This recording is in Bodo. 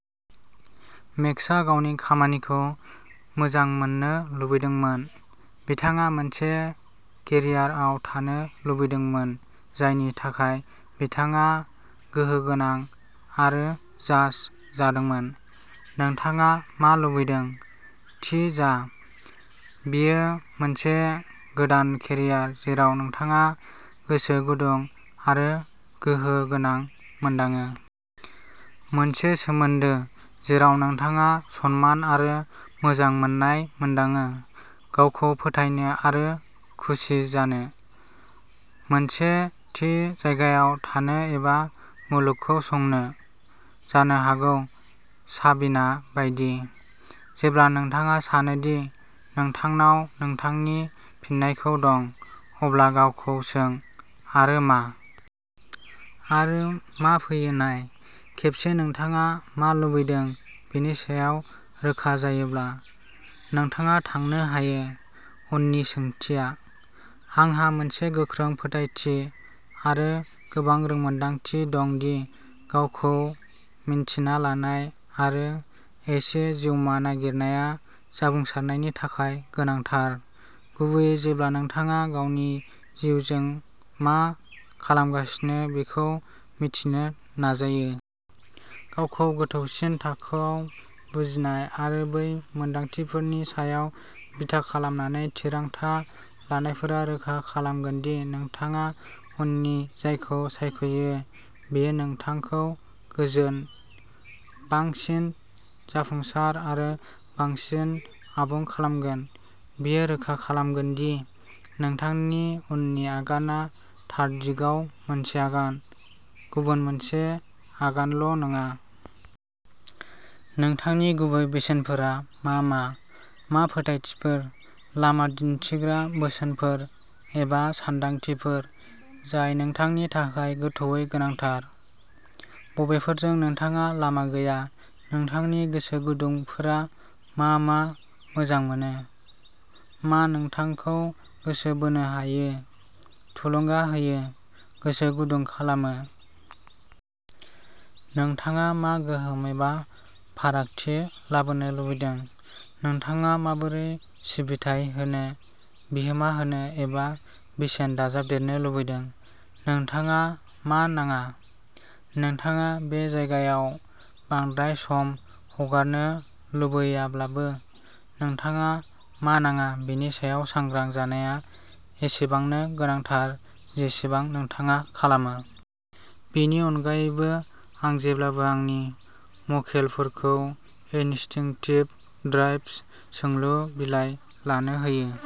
मेक्सआ गावनि खामानिखौ मोजां मोननो लुबैदोंमोन। बिथाङा मोनसे केरियार आव थानो लुबैदोंमोन जायनि थाखाय बिथाङा गोहो गोनां आरो "जाज" जादोंमोन। नोंथाङा मा लुबैदों? थि जा। बेयो मोनसे गोदान केरियार जेराव नोंथाङा गोसो गुदुं आरो गोहो गोनां मोनदाङो? मोनसे सोमोन्दो जेराव नोंथाङा सनमान आरो मोजां मोननाय मोनदाङो? गावखौ फोथायनो आरो खुसि जानो? मोनसे थि जायगायाव थानो एबा मुलुगखौ संनो? जानो हागौ, साबिना बायदि, जेब्ला नोंथाङा सानो दि नोंथांनाव नोंथांनि फिननायखौ दं, अब्ला गावखौ सों, "आरो मा? " आरो मा फैयो नाय। खेबसे नोंथाङा मा लुबैदों बेनि सायाव रोखा जायोब्ला, नोंथाङा थांनो हायो। उननि सोंथिया। आंहा मोनसे गोख्रों फोथायथि आरो गोबां रोंमोन्दांथि दं दि गावखौ-मिन्थिना लानाय आरो एसे जिउमा नागिरनाया जाफुंसारनायनि थाखाय गोनांथार-गुबैयै जेब्ला नोंथाङा गावनि जिउजों मा खालामगासिनो बेखौ मिथिनो नाजायो। गावखौ गोथौसिन थाखोआव बुजिनाय आरो बै मोनदांथिफोरनि सायाव बिथा खालामनानै थिरांथा लानायफोरा रोखा खालामगोन दि नोंथाङा उननि जायखौ सायख'यो बेयो नोंथांखौ गोजोन, बांसिन जाफुंसार आरो बांसिन आबुं खालामगोन। बेयो रोखा खालामगोन दि नोंथांनि उननि आगानआ थार दिगाव मोनसे आगान, गुबुन मोनसे आगानल'नङा। नोंथांनि गुबै बेसेनफोरा मा मा? मा फोथायथिफोर, लामा दिन्थिग्रा बोसोनफोर एबा सानदांथिफोर जाय नोंथांनि थाखाय गोथौवै गोनांथार? बबेफोरजों नोंथाङा लामा गैया? नोंथांनि गोसो गुदुंफोरा मा मा मोजां मोनो? मा नोंथांखौ गोसो बोनो हायो, थुलुंगा होयो, गोसो गुदुं खालामो? नोंथाङा मा गोहोम एबा फारागथि लाबोनो लुबैदों? नोंथाङा माबोरै सिबिथाइ होनो, बिहोमा होनो एबा बेसेन दाजाबदेरनो लुबैदों? नोंथाङा मा नाङा? नोंथाङा बे जायगायाव बांद्राय सम हगारनो लुबैयाब्लाबो, नोंथाङा मा नाङा बेनि सायाव सांग्रां जानाया एसेबांनो गोनांथार जेसेबां नोंथाङा खालामो! बेनि अनगायैबो, आं जेब्लाबो आंनि मक्केलफोरखौ इनस्टिंक्टिभ ड्राइभ्स सोंलु बिलाइ लानो होयो।